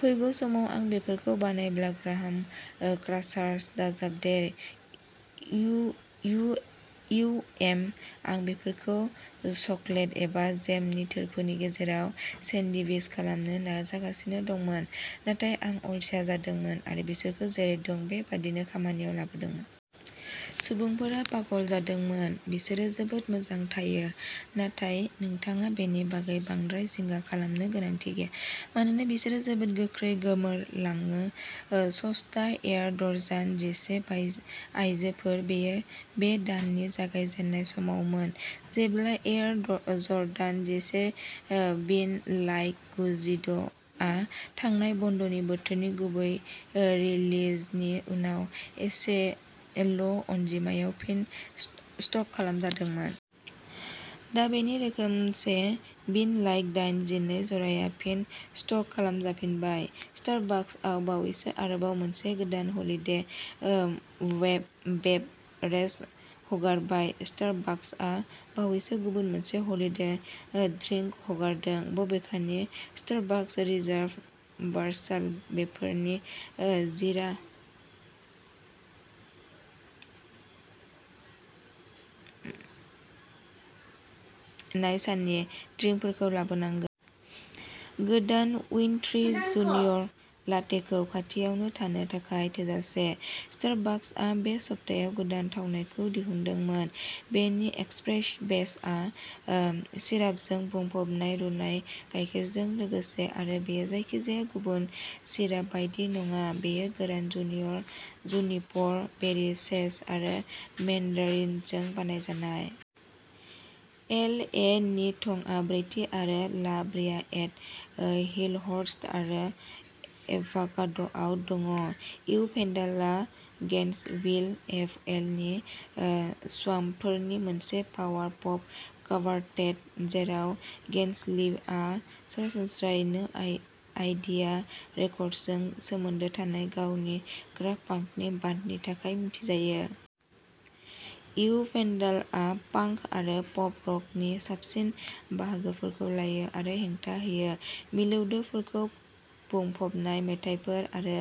फैगौ समाव आं बेफोरखौ बानायब्ला ग्राहाम ओ ग्रासार्स दाजाबदेर। यु. यु. इउ. एम. आं बेफोरखौ चकलेट एबा जेमनि थोरफोनि गेजेराव सेन्डविच खालामनो नाजागासिनो दंमोन। नाथाय आं अलसिया जादोंमोन आरो बिसोरखौ जेरै दं बे बादिनो खामानियाव लाबोदोंमोन। सुबुंफोरा पागल जादोंमोन। बिसोर जोबोद मोजां थायो। नाथाय नोंथाङा बेनि बागै बांद्राय जिंगा खालामनो गोनांथि गैया। मानोना बिसोरो जोबोद गोख्रै गोमोरलाङो। ओ सस्ता एयार डर्जान जिसे आयजोफोर बेयो बे दाननि जागायजेन्नाय समावमोन जेब्ला एयार जर्डान जिसे विन लाइक गुजिद’ आ थांनाय बन्दनि बोथोरनि गुबै रिलिजनि उनाव एसेल'अनजिमायाव फिन स्टक खालामजादोंमोन। दा बेनि रोखोमसे विन लाइक दाइन जिनै जराया फिन स्टक खालामजाफिनबाय। स्टारबाकसआ बावैसो आरोबाव मोनसे गोदान हलिदे ओ वेब बेबरेज हगारबाय स्टारबाकसआ बावैसो गुबुन मोनसे हलिदे ओ ड्रिंक हगारदों। बबेखानि, स्टारबाकस रिजार्भ बार्साल बे फोरबोनि ओ जिरा --नाय साननि ड्रिंकफोरखौ लाबोनांगोन। गोदान उइन्ट्री जुनियर लाटेखौ खाथियावनो थानो थाखाय थोजासे। स्टारबाक्सआ बे सप्तायाव गोदान थावनायखौ दिहुनदोंमोन। बेनि एस्प्रेस बेसआ ओ सिरापजों बुंफबनाय रुनाय गायखेरजों लोगोसे आरो बेयो जायखिजाया गुबुन सिराप बायदि नङा बेयो गोरान जुनियर जुनिपर बेरि सेज आरो मेन्डारिनजों बानायजानाय। एल. ए. नि थंआ ब्रैथि आरो ला ब्रिया एट ओ हिलहर्स्ट आरो एभाकाद'आव दं। इउ भेन्डालआ गेन्सविल एफ. एल. नि ओ स्वाम्पफोरनि मोनसे पावार पप कबारटेट। जेराव गेन्सविलआ सरासनस्रायै नो आइडिया रेकर्डसजों सोमोन्दो थानाय गावनि ग्राफ पांकनि ब्रान्डनि थाखाय मिथिजायो। इउ भेन्डालआ पांक आरो पप-रकनि साबसिन बाहागोफोरखौ लायो आरो हेंथा होयो। मिलौदोफोरखौ बुंफबनाय मेथाइफोर आरो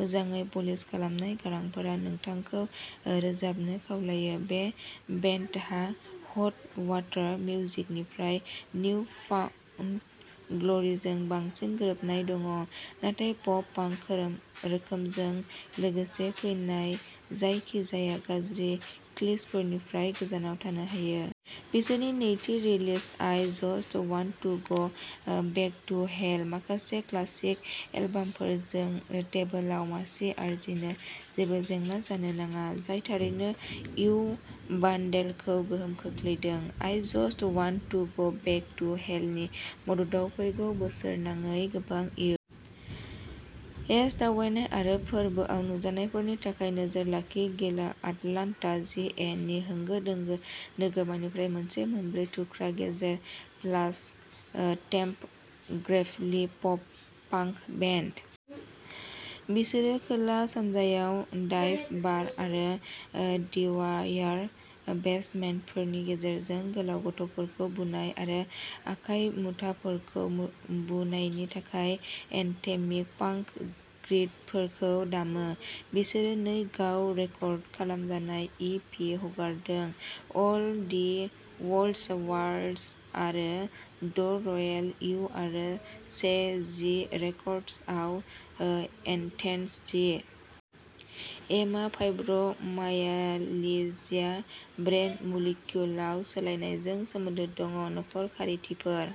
मोजाङै पालिश खालामनाय गारांफोरा नोंथांखौ रोजाबनो खावलायो। बे बेन्डहा हट वाटार मिउजिकनिफ्राइ निउ फाउन्ड ग्ल'रिजों बांसिन गोरोबनाय दं, नाथाय पप-पांक रोखोमजों लोगोसे फैनाय जायखिजाया गाज्रि क्लिचफोरनिफ्राय गोजानाव थानो हायो। बिसोरनि नैथि release I just want to go ओ बेक टु हेल। माखासे क्लासिक एलबामफोरजों टेबोलाव मासि आरजिनो जेबो जेंना जानो नाङा। जाय थारैनो इउ भानडेलखौ गोहोम खोख्लैदों। I just want to go back to हेलनि मददाव फैगौ बोसोरनाङै गोबां इउ. एस. दावबायनाय आरो फोरबोआव नुजानायफोरनि थाखाय नोजोर लाखि। गिला आटलान्टा जि. ए. नि होंगो-दोंगो नोगोरमानिफ्राय मोनसे मोनब्रै थुख्रा गेजेर प्लास ओ टेम्प ग्रेभलि पप पांक बेन्ड। बिसोरो खोला-सानजायाव डाइभ बार आरो डिवायार बेसमेन्टफोरनि गेजेरजों गोलाव गथ'फोरखौ बुनाय आरो आखाइ मुथाफोरखौ बुनायनि थाखाय एन्थेमिक पांक क्रीडफोरखौ दामो। बिसोरो नै गाव रेकर्ड खालामजानाय इ. पि. हगारदों। अल दि वर्ल्ड्स वार्स आरो द रयेल इउ आरो से-जि रेकर्डसआव ओ एथेन्स जि. ए. मा फाइब्र' मायालिजिया ब्रेन मलिक्युलाल सोलायनायजों सोमोन्दो दं। न'खर खारिथिफोर